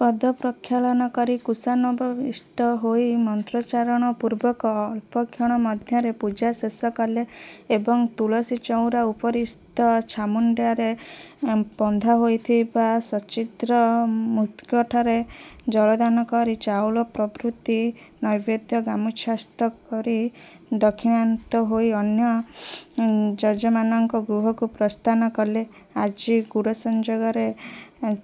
ପଦପ୍ରକ୍ଷାଳନ କରି କୁଶାସନୋପବିଷ୍ଟ ହୋଇ ମନ୍ତ୍ରୋଚ୍ଚାରଣପୂର୍ବକ ଅଳ୍ପକ୍ଷଣ ମଧ୍ୟରେ ପୂଜା ଶେଷ କଲେ ଏବଂ ତୁଳସୀଚଉରା ଉପରିସ୍ଥ ଛାମୁଣ୍ଡିଆରେ ବନ୍ଧା ହୋଇଥିବା ସଚ୍ଛିଦ୍ର ମୃଦ୍ଘଟରେ ଜଳଦାନ କରି ଚାଉଳ ପ୍ରଭୃତି ନୈବେଦ୍ୟ ଗାମୁଛାସ୍ଥ କରି ଦକ୍ଷିଣାନ୍ତ ହୋଇ ଅନ୍ୟ ଯଜମାନଙ୍କ ଗୃହକୁ ପ୍ରସ୍ଥାନ କଲେ। ଆଜି ଗୁଡ଼ସଂଯୋଗରେ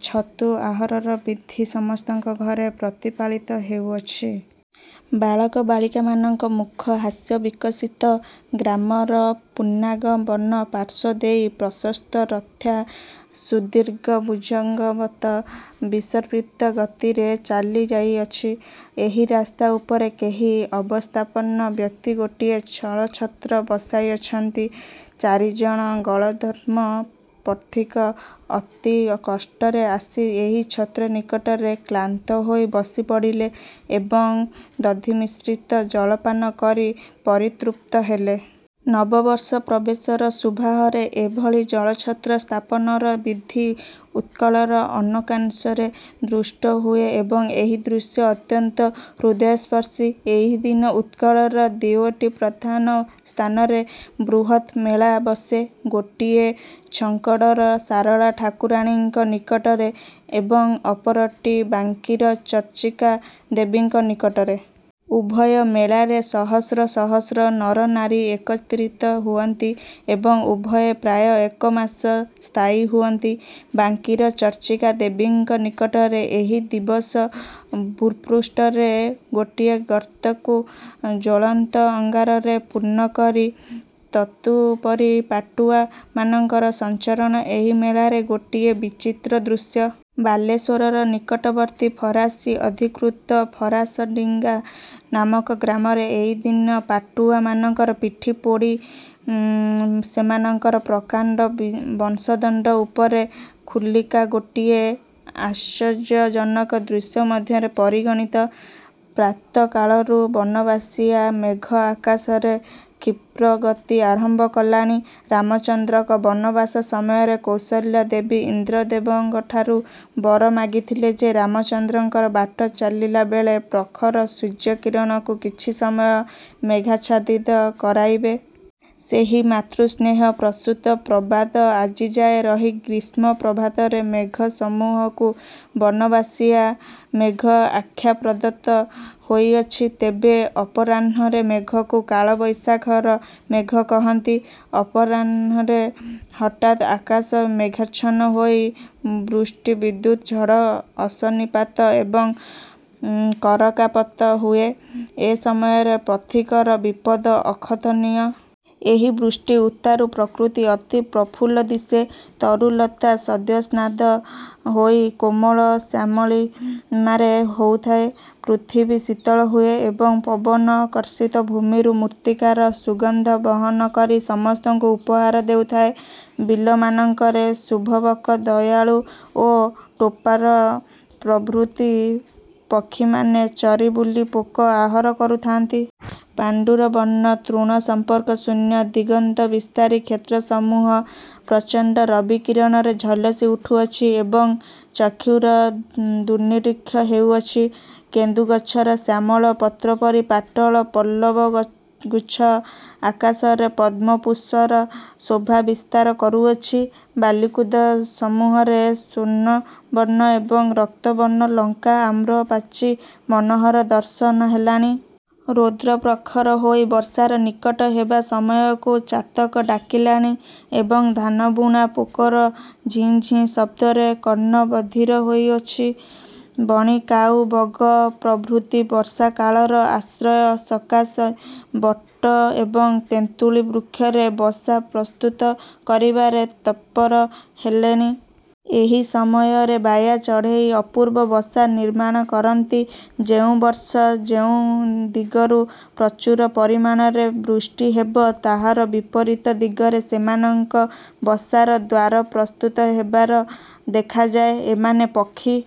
ଛତୁ ଆହାରର ବିଧି ସମସ୍ତଙ୍କ ଘରେ ପ୍ରତିପାଳିତ ହେଉଅଛି। ବାଳକ ବାଳିକାମାନଙ୍କ ମୁଖ ହାସ୍ୟବିକଶିତ। ଗ୍ରାମର ପୁନ୍ନାଗ ବନ ପାର୍ଶ୍ୱ ଦେଇ ପ୍ରଶସ୍ତ ରଥ୍ୟା ସୁଦୀର୍ଘଭୁଜଙ୍ଗବତ୍ ବିସର୍ପିତ ଗତିରେ ଚାଲି ଯାଇଅଛି। ଏହି ରାସ୍ତା ଉପରେ କେହି ଅବସ୍ଥାପନ୍ନ ବ୍ୟକ୍ତି ଗୋଟିଏ ଜଳଛତ୍ର ବସାଇଅଛନ୍ତି। ଚାରି ଜଣ ଗଳଦ୍ଘର୍ମ ପଥିକ ଅତିକଷ୍ଟରେ ଆସି ଏହି ଛତ୍ର ନିକଟରେ କ୍ଳାନ୍ତ ହୋଇ ବସି ପଡ଼ିଲେ ଏବଂ ଦଧିମିଶ୍ରିତ ଜଳ ପାନ କରି ପରିତୃପ୍ତ ହେଲେ। ନବ ବର୍ଷ ପ୍ରବେଶର ଶୁଭାହରେ ଏଭଳି ଜଳଛତ୍ର ସ୍ଥାପନର ବିଧି ଉତ୍କଳର ଅନକାଂଶରେ ଦୃଷ୍ଟ ହୁଏ ଏବଂ ଏହି ଦୃଶ୍ୟ ଅତ୍ୟନ୍ତ ହୃଦୟସ୍ପର୍ଶୀ। ଏହି ଦିନ ଉତ୍କଳର ଦିଓଟି ପ୍ରଧାନ ସ୍ଥାନରେ ବୃହତ୍ ମେଳା ବସେ। ଗୋଟିଏ ଝଙ୍କଡ଼ର ଶାରଳା ଠାକୁରାଣୀଙ୍କ ନିକଟରେ ଏବଂ ଅପରଟି ବାଙ୍କିର ଚର୍ଚ୍ଚିକା ଦେବୀଙ୍କ ନିକଟରେ। ଉଭୟ ମେଳାରେ ସହସ୍ର ସହସ୍ର ନରନାରୀ ଏକତ୍ରିତ ହୁଅନ୍ତି ଏବଂ ଉଭୟେ ପ୍ରାୟ ଏକ ମାସ ସ୍ଥାୟୀ ହୁଅନ୍ତି। ବାଙ୍କିର ଚର୍ଚ୍ଚିକା ଦେବୀଙ୍କ ନିକଟରେ ଏହି ଦିବସ ଭୂପୃଷ୍ଠରେ ଗୋଟିଏ ଗର୍ତ୍ତକୁ ଜ୍ୱଳନ୍ତ ଅଙ୍ଗାରରେ ପୂର୍ଣ୍ଣ କରି ତଦୁପରି ପାଟୁଆ ମାନଙ୍କର ସଞ୍ଚରଣ ଏହି ମେଳାର ଗୋଟିଏ ବିଚିତ୍ର ଦୃଶ୍ୟ। ବାଲେଶ୍ୱରର ନିକଟବର୍ତ୍ତୀ ଫରାସୀ ଅଧିକୃତ ଫରାସଡ଼ିଙ୍ଗା ନାମକ ଗ୍ରାମରେ ଏହି ଦିନ ପାଟୁଆ ମାନଙ୍କର ପିଠି ଫୋଡ଼ି ସେମାନଙ୍କର ପ୍ରକାଣ୍ଡ ବଂଶଦଣ୍ଡ ଉପରେ ଖୁଲିବା ଗୋଟିଏ ଆଶ୍ଚର୍ଯ୍ୟଜନକ ଦୃଶ୍ୟ ମଧ୍ୟରେ ପରିଗଣିତ। ପ୍ରାତଃକାଳରୁ ବନବାସିଆ ମେଘ ଆକାଶରେ କ୍ଷିପ୍ରଗତି ଆରମ୍ଭ କଲାଣି। ରାମଚନ୍ଦ୍ରଙ୍କ ବନବାସ ସମୟରେ କୌଶଲ୍ୟା ଦେବୀ ଇନ୍ଦ୍ରଦେବଙ୍କଠାରୁ ବର ମାଗିଥିଲେ ଯେ ରାମଚନ୍ଦ୍ରଙ୍କର ବାଟ ଚାଲିଲାବେଳେ ପ୍ରଖର ସୂର୍ଯ୍ୟକିରଣକୁ କିଛି ସମୟ ମେଘାଚ୍ଛାଦିତ କରାଇବେ। ସେହି ମାତୃସ୍ନେହପ୍ରସୂତ ପ୍ରବାଦ ଆଜିଯାଏ ରହି ଗ୍ରୀଷ୍ମ ପ୍ରଭାତର ମେଘସମୂହକୁ ବନବାସିଆ ମେଘ ଆଖ୍ୟା ପ୍ରଦତ୍ତ ହୋଇଅଛି। ତେବେ ଅପରାହ୍ନରେ ମେଘକୁ କାଳ ବୈଶାଖ ର ମେଘ କହନ୍ତି। ଅପରାହ୍ଣରେ ହଠାତ୍ ଆକାଶ ମେଘାଚ୍ଛନ୍ନ ହୋଇ ବୃଷ୍ଟି, ବିଦ୍ୟୁତ୍ ଝଡ଼ ଅଶନିପାତ ଏବଂ କରକାପାତ ହୁଏ। ଏ ସମୟରେ ପଥିକର ବିପଦ ଅକଥନୀୟ। ଏହି ବୃଷ୍ଟି ଉତ୍ତାରୁ ପ୍ରକୃତି ଅତି ପ୍ରଫୁଲ୍ଲ ଦିଶେ। ତରୁ ଲତା ସଦ୍ୟସ୍ନାତ ହୋଇ କୋମଳ ଶ୍ୟାମଳିମାରେ ହସୁଥାଏ। ପୃଥିବୀ ଶୀତଳ ହୁଏ ଏବଂ ପବନ କର୍ଷିତ ଭୂମିରୁ ମୃତ୍ତିକାର ସୁଗନ୍ଧ ବହନ କରି ସମସ୍ତଙ୍କୁ ଉପହାର ଦେଉଥାଏ। ବିଲମାନଙ୍କରେ ଶୁଭ ବକ, ଦୟାଳୁ ଓ ଟୋପର ପ୍ରଭୃତି ପକ୍ଷିମାନେ ଚରି ବୁଲି ପୋକ ଆହାର କରୁଥାନ୍ତି। ପାଣ୍ଡୁରବର୍ଣ୍ଣ ତୃଣସମ୍ପର୍କଶୂନ୍ୟ ଦିଗନ୍ତବିସ୍ତାରୀ କ୍ଷେତ୍ରସମୂହ ପ୍ରଚଣ୍ଡ ରବିକିରଣରେ ଝଲସି ଉଠୁଅଛି ଏବଂ ଚକ୍ଷୁର ଦୁର୍ନିରୀକ୍ଷ ହେଉଅଛି। କେନ୍ଦୁ ଗଛର ଶ୍ୟାମଳ ପତ୍ରୋପରି ପାଟଳ ପଲ୍ଲବଗୁଚ୍ଛ ଆକାଶରେ ପଦ୍ମ ପୁଷ୍ପର ଶୋଭା ବିସ୍ତାର କରୁଅଛି। ବାଲିକୁଦସମୂହରେ ସ୍ୱର୍ଣ୍ଣବର୍ଣ୍ଣ ଏବଂ ରକ୍ତବର୍ଣ୍ଣ ଲଙ୍କା ଆମ୍ର ପାଚି ମନୋହର ଦର୍ଶନ ହେଲାଣି। ରୌଦ୍ର ପ୍ରଖର ହୋଇ ବର୍ଷାର ନିକଟ ହେବା ସମୟକୁ ଚାତକ ଡାକିଲାଣି ଏବଂ ଧାନବୁଣା ପୋକର ଝିଁ ଝିଁ ଶବ୍ଦରେ କର୍ଣ୍ଣ ବଧିର ହେଇଅଛି। ବଣି, କାଉ, ବଗ ପ୍ରଭୃତି ବର୍ଷାକାଳର ଆଶ୍ରୟ ସକାଶେ ବଟ ଏବଂ ତେନ୍ତୁଳି ବୃକ୍ଷରେ ବସା ପ୍ରସ୍ତୁତ କରିବାରେ ତତ୍ପର ହେଲେଣି। ଏହି ସମୟରେ ବାୟା ଚଢ଼େଇ ଅପୂର୍ବ ବସା ନିର୍ମାଣ କରନ୍ତି। ଯେଉଁ ବର୍ଷ ଯେଉଁ ଦିଗରୁ ପ୍ରଚୁର ପରିମାଣରେ ବୃଷ୍ଟି ହେବ, ତାହାର ବିପରୀତ ଦିଗରେ ସେମାନଙ୍କ ବସାର ଦ୍ୱାର ପ୍ରସ୍ତୁତ ହେବାର ଦେଖାଯାଏ ଏମାନେ ପକ୍ଷୀ